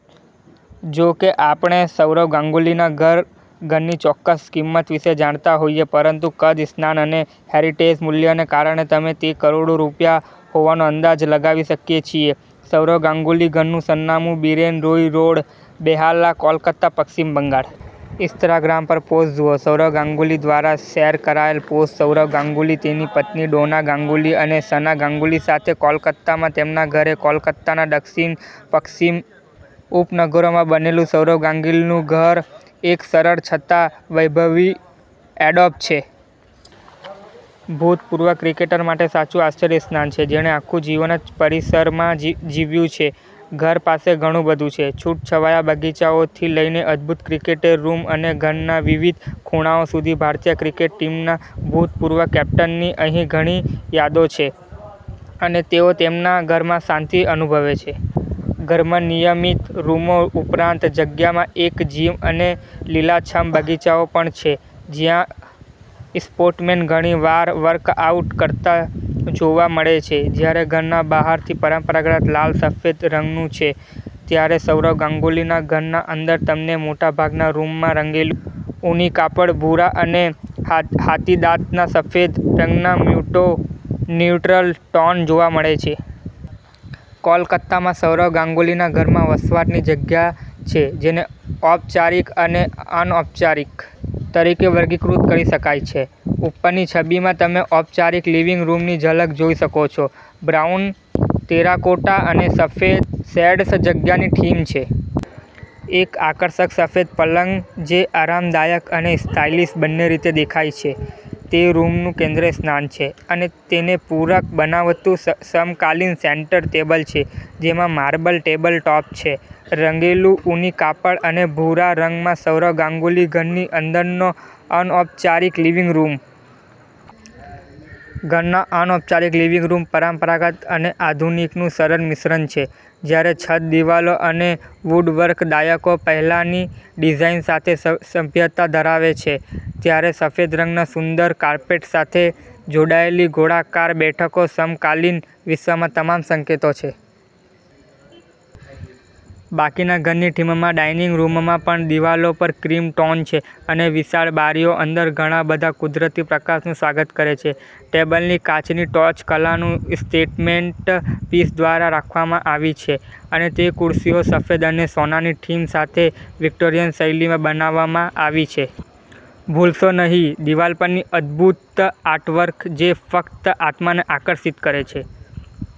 જો કે આપણે સૌરવ ગાંગુલીના ઘરની ચોક્કસ કિંમત વિશે જાણતા હોઈએ પરંતુ કદ, સ્થાન અને હેરિટેજ મૂલ્યને કારણે અમે તે કરોડો રૂપિયા હોવાનો અંદાજ લગાવી શકીએ છીએ. સૌરવ ગાંગુલી ઘરનું સરનામું બીરેન રોય રોડ, બેહાલા, કોલકાતા, પશ્ચિમ બંગાળ. ઇન્સ્ટાગ્રામ પર પોસ્ટ જુઓ સૌરવ ગાંગુલી દ્વારા શેર કરાયેલ પોસ્ટ સૌરવ ગાંગુલી તેની પત્ની ડોના ગાંગુલી અને સના ગાંગુલી સાથે કોલકાતામાં તેમના ઘરે. કોલકાતાના દક્ષિણ-પશ્ચિમ ઉપનગરોમાં બનેલું સૌરવ ગાંગુલીનું ઘર એક સરળ છતાં વૈભવી એડોબ છે. ભૂતપૂર્વ ક્રિકેટર માટે સાચું આશ્રયસ્થાન જેણે આખું જીવન જ પરિસરમાં જીવ્યું છે. ઘર પાસે ઘણું બધું છે. છૂટાછવાયા બગીચાઓથી લઈને અદ્ભુત ક્રિકેટ રૂમ અને ઘરના વિવિધ ખૂણાઓ સુધી ભારતીય ક્રિકેટ ટીમના ભૂતપૂર્વ કેપ્ટનની અહીં ઘણી યાદો છે અને તેઓ તેમના ઘરમાં શાંતિ અનુભવે છે. ઘરમાં નિયમિત રૂમો ઉપરાંત, જગ્યામાં એક જિમ અને લીલાછમ બગીચાઓ પણ છે જ્યાં સ્પોર્ટ્સમેન ઘણીવાર વર્કઆઉટ કરતો જોવા મળે છે. જ્યારે ઘર બહારથી પરંપરાગત લાલ અને સફેદ રંગનું છે, ત્યારે સૌરવ ગાંગુલીના ઘરની અંદર તમને મોટાભાગના રૂમમાં રંગેલું ઊની કાપડ, ભૂરા અને હાથીદાંતના સફેદ રંગના મ્યૂટ ન્યુટ્રલ ટોન જોવા મળશે. કોલકાતામાં સૌરવ ગાંગુલીના ઘરમાં વસવાટની જગ્યાઓ છે જેને ઔપચારિક અને અનૌપચારિક તરીકે વર્ગીકૃત કરી શકાય છે. ઉપરની છબીમાં તમે ઔપચારિક લિવિંગ રૂમની ઝલક જોઈ શકો છો. બ્રાઉન, ટેરાકોટા અને સફેદ શેડ્સ જગ્યાની થીમ છે. એક આકર્ષક સફેદ પલંગ જે આરામદાયક અને સ્ટાઇલિશ બંને રીતે દેખાય છે તે રૂમનું કેન્દ્રસ્થાને છે અને તેને પૂરક બનાવતું સમકાલીન સેન્ટર ટેબલ છે જેમાં માર્બલ ટેબલ ટોપ છે. રંગેલું ઊની કાપડ અને ભૂરા રંગમાં સૌરવ ગ્નાગુલી ઘરની અંદરનો અનૌપચારિક લિવિંગ રૂમ. ઘરનો અનૌપચારિક લિવિંગ રૂમ પરંપરાગત અને આધુનિકનું સરળ મિશ્રણ છે. જ્યારે છત, દિવાલો અને વુડવર્ક દાયકાઓ પહેલાની ડિઝાઈન સાથે સામ્યતા ધરાવે છે, ત્યારે સફેદ રંગમાં સુંદર કાર્પેટ સાથે જોડાયેલી ગોળાકાર બેઠકો સમકાલીન વિશ્વના તમામ સંકેતો છે. બાકીના ઘરની થીમમાં, ડાઇનિંગ રૂમમાં પણ દિવાલો પર ક્રીમ ટોન છે અને વિશાળ બારીઓ અંદર ઘણા બધા કુદરતી પ્રકાશનું સ્વાગત કરે છે. ટેબલની કાચની ટોચ કલાના સ્ટેટમેન્ટ પીસ દ્વારા રાખવામાં આવી છે અને ખુરશીઓ સફેદ અને સોનાની થીમ સાથે વિક્ટોરિયન શૈલીમાં બનાવવામાં આવી છે. ભૂલશો નહીં દિવાલ પરની અદભૂત આર્ટવર્ક જે ફક્ત આત્માને આકર્ષિત કરે છે.